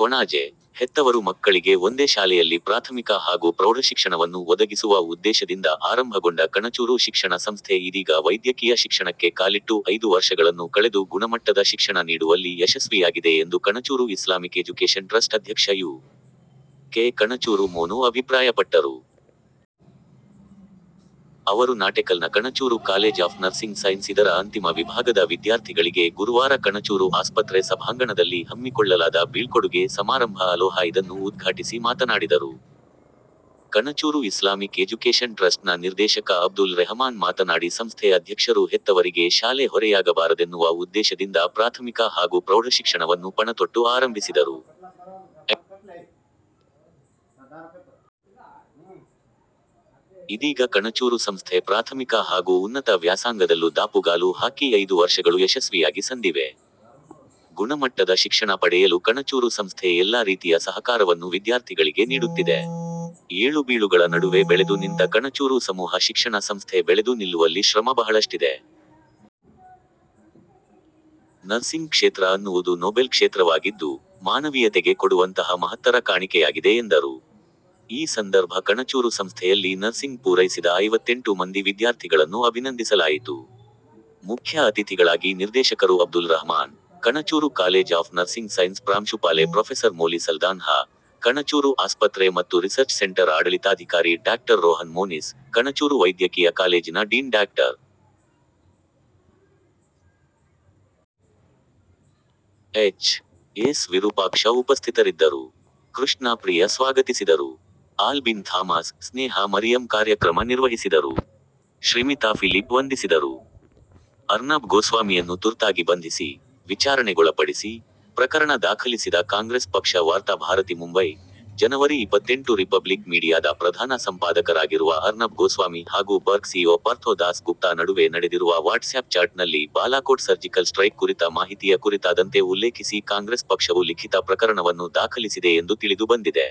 ಕೊಣಾಜೆ: ಹೆತ್ತವರು ಮಕ್ಕಳಿಗೆ ಒಂದೇ ಶಾಲೆಯಲ್ಲಿ ಪ್ರಾಥಮಿಕ ಹಾಗೂ ಪ್ರೌಢಶಿಕ್ಷಣವನ್ನು ಒದಗಿಸುವ ಉದ್ದೇಶದಿಂದ ಆರಂಭಗೊಂಡ ಕಣಚೂರು ಶಿಕ್ಷಣ ಸಂಸ್ಥೆ ಇದೀಗ ವೈದ್ಯಕೀಯ ಶಿಕ್ಷಣಕ್ಕೆ ಕಾಲಿಟ್ಟು ಐದು ವರ್ಷಗಳನ್ನು ಕಳೆದು ಗುಣಮಟ್ಟದ ಶಿಕ್ಷಣ ನೀಡುವಲ್ಲಿ ಯಶಸ್ವಿಯಾಗಿದೆ ಎಂದು ಕಣಚೂರು ಇಸ್ಲಾಮಿಕ್ ಎಜುಕೇಷನ್ ಟ್ರಸ್ಟ್ ಅಧ್ಯಕ್ಷ ಯು. ಕೆ ಕಣಚೂರು ಮೋನು ಅಭಿಪ್ರಾಯಪಟ್ಟರು. ಅವರು ನಾಟೆಕಲ್ನ Kanachur college of nursing science ಇದರ ಅಂತಿಮ ವಿಭಾಗದ ವಿದ್ಯಾರ್ಥಿಗಳಿಗೆ ಗುರುವಾರ ಕಣಚೂರು ಆಸ್ಪತ್ರೆ ಸಭಾಂಗಣದಲ್ಲಿ ಹಮ್ಮಿಕೊಳ್ಳಲಾದ ಬೀಳ್ಕೊಡುಗೆ ಸಮಾರಂಭ ಅಲೋಹಾ- ಇದನ್ನು ಉದ್ಘಾಟಿಸಿ ಮಾತನಾಡಿದರು. ಕಣಚೂರು ಇಸ್ಲಾಮಿಕ್ ಎಜುಕೇಷನ್ ಟ್ರಸ್ಟ್ ನ ನಿರ್ದೇಶಕ ಅಬ್ದುಲ್ ರೆಹಮಾನ್ ಮಾತನಾಡಿ ಸಂಸ್ಥೆ ಅಧ್ಯಕ್ಷರು ಹೆತ್ತವರಿಗೆ ಶಾಲೆ ಹೊರೆಯಾಗಬಾರದೆನ್ನುವ ಉದ್ದೇಶದಿಂದ ಪ್ರಾಥಮಿಕ ಹಾಗೂ ಪ್ರೌಢಶಿಕ್ಷಣವನ್ನು ಪಣತೊಟ್ಟು ಆರಂಭಿಸಿದರು. ಇದೀಗ ಕಣಚೂರು ಸಂಸ್ಥೆ ಪ್ರಾಥಮಿಕ ಹಾಗೂ ಉನ್ನತ ವ್ಯಾಸಾಂಗದಲ್ಲೂ ದಾಪುಗಾಲು ಹಾಕಿ ಐದು ವರ್ಷಗಳು ಯಶಸ್ವಿಯಾಗಿ ಸಂದಿವೆ. ಗುಣಮಟ್ಟದ ಶಿಕ್ಷಣ ಪಡೆಯಲು ಕಣಚೂರು ಸಂಸ್ಥೆ ಎಲ್ಲಾ ರೀತಿಯ ಸಹಕಾರವನ್ನು ವಿದ್ಯಾರ್ಥಿಗಳಿಗೆ ನೀಡುತ್ತಿದೆ. ಏಳುಬೀಳುಗಳ ನಡುವೆ ಬೆಳೆದು ನಿಂತ ಕಣಚೂರು ಸಮೂಹ ಶಿಕ್ಷಣ ಸಂಸ್ಥೆ ಬೆಳೆದು ನಿಲ್ಲುವಲ್ಲಿ ಶ್ರಮ ಬಹಳಷ್ಟಿದೆ. ನರ್ಸಿಂಗ್ ಕ್ಷೇತ್ರ ಅನ್ನುವುದು ನೋಬೆಲ್ ಕ್ಷೇತ್ರವಾಗಿದ್ದು, ಮಾನವೀಯತೆಗೆ ಕೊಡುವಂತಹ ಮಹತ್ತರ ಕಾಣಿಕೆಯಾಗಿದೆ ಎಂದರು. ಈ ಸಂದರ್ಭ ಕಣಚೂರು ಸಂಸ್ಥೆಯಲ್ಲಿ ನರ್ಸಿಂಗ್ ಪೂರೈಸಿದ ಐವತ್ತೆಂಟು ಮಂದಿ ವಿದ್ಯಾರ್ಥಿಗಳನ್ನು ಅಭಿನಂದಿಸಲಾಯಿತು. ಮುಖ್ಯ ಅತಿಥಿಗಳಾಗಿ ನಿರ್ದೇಶಕರು Abdul Rahman, Kanachur college of nursing science ಪ್ರಾಂಶುಪಾಲೆ ಪ್ರೊಫೆಸರ್ ಮೋಲಿ ಸಲ್ದಾನ್ಹ, ಕಣಚೂರು ಆಸ್ಪತ್ರೆ ಮತ್ತು ರಿಸರ್ಚ್ ಸೆಂಟರ್ ಆಡಳಿತಾಧಿಕಾರಿ ಡಾಕ್ಟರ್ ರೋಹನ್ ಮೋನಿಸ್, ಕಣಚೂರು ವೈದ್ಯಕೀಯ ಕಾಲೇಜಿನ dean doctor. H. S Virupaksha ಉಪಸ್ಥಿತರಿದ್ದರು. ಕೃಷ್ಣ ಪ್ರಿಯ ಸ್ವಾಗತಿಸಿದರು. ಆಲ್ಬಿನ್ ಥಾಮಸ್, ಸ್ನೇಹಾ ಮರಿಯಂ ಕಾರ್ಯಕ್ರಮ ನಿರ್ವಹಿಸಿದರು. ಶ್ರಿಮಿತಾ ಫಿಲಿಪ್ ವಂದಿಸಿದರು. ಅರ್ನಬ್ ಗೋಸ್ವಾಮಿಯನ್ನು ತುರ್ತಾಗಿ ಬಂಧಿಸಿ, ವಿಚಾರಣೆಗೊಳಪಡಿಸಿ: ಪ್ರಕರಣ ದಾಖಲಿಸಿದ ಕಾಂಗ್ರೆಸ್ ಪಕ್ಷ ವಾರ್ತಾ ಭಾರತಿ ಮುಂಬೈ, ಜನವರಿ ಇಪತ್ತೆಂಟು ರಿಪಬ್ಲಿಕ್ ಮೀಡಿಯಾದ ಪ್ರಧಾನ ಸಂಪಾದಕರಾಗಿರುವ ಅರ್ನಬ್ ಗೋಸ್ವಾಮಿ ಹಾಗೂ ಬಾರ್ಕ್ ಸಿಇಒ ಪಾರ್ಥೋ ದಾಸ್ ಗುಪ್ತಾ ನಡುವೆ ನಡೆದಿರುವ ವಾಟ್ಸ್ಯಾಪ್ ಚಾಟ್ ನಲ್ಲಿ ಬಾಲಾಕೋಟ್ ಸರ್ಜಿಕಲ್ ಸ್ಟ್ರೈಕ್ ಕುರಿತ ಮಾಹಿತಿಯ ಕುರಿತಾದಂತೆ ಉಲ್ಲೇಖಿಸಿ ಕಾಂಗ್ರೆಸ್ ಪಕ್ಷವು ಲಿಖಿತ ಪ್ರಕರಣವನ್ನು ದಾಖಲಿಸಿದೆ ಎಂದು ತಿಳಿದು ಬಂದಿದೆ.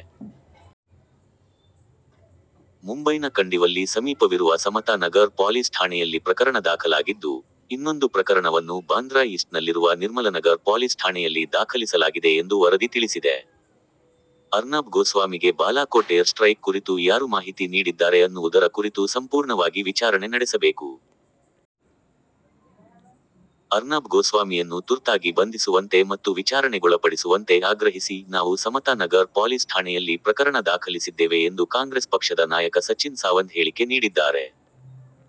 ಮುಂಬೈನ ಕಂಡಿವಲ್ಲಿ ಸಮೀಪವಿರುವ ಸಮತಾ ನಗರ್ ಪೊಲೀಸ್ ಠಾಣೆಯಲ್ಲಿ ಪ್ರಕರಣ ದಾಖಲಾಗಿದ್ದು, ಇನ್ನೊಂದು ಪ್ರಕರಣವನ್ನು ಬಾಂದ್ರಾ ಈಸ್ಟ್ ನಲ್ಲಿರುವ ನಿರ್ಮಲನಗರ್ ಪೊಲೀಸ್ ಠಾಣೆಯಲ್ಲಿ ದಾಖಲಿಸಲಾಗಿದೆ ಎಂದು ವರದಿ ತಿಳಿಸಿದೆ. "ಅರ್ನಬ್ ಗೋಸ್ವಾಮಿಗೆ ಬಾಲಾಕೋಟ್ ಏರ್ ಸ್ಟ್ರೈಕ್ ಕುರಿತು ಯಾರು ಮಾಹಿತಿ ನೀಡಿದ್ದಾರೆ ಅನ್ನುವುದರ ಕುರಿತು ಸಂಪೂರ್ಣವಾಗಿ ವಿಚಾರಣೆ ನಡೆಸಬೇಕು. ಅರ್ನಬ್ ಗೋಸ್ವಾಮಿಯನ್ನು ತುರ್ತಾಗಿ ಬಂಧಿಸುವಂತೆ ಮತ್ತು ವಿಚಾರಣೆಗೊಳಪಡಿಸುವಂತೆ ಆಗ್ರಹಿಸಿ ನಾವು ಸಮತಾ ನಗರ್ ಪೊಲೀಸ್ ಠಾಣೆಯಲ್ಲಿ ಪ್ರಕರಣ ದಾಖಲಿಸಿದ್ದೇವೆ ಎಂದು ಕಾಂಗ್ರೆಸ್ ಪಕ್ಷದ ನಾಯಕ ಸಚಿನ್ ಸಾವಂತ್ ಹೇಳಿಕೆ ನೀಡಿದ್ದಾರೆ.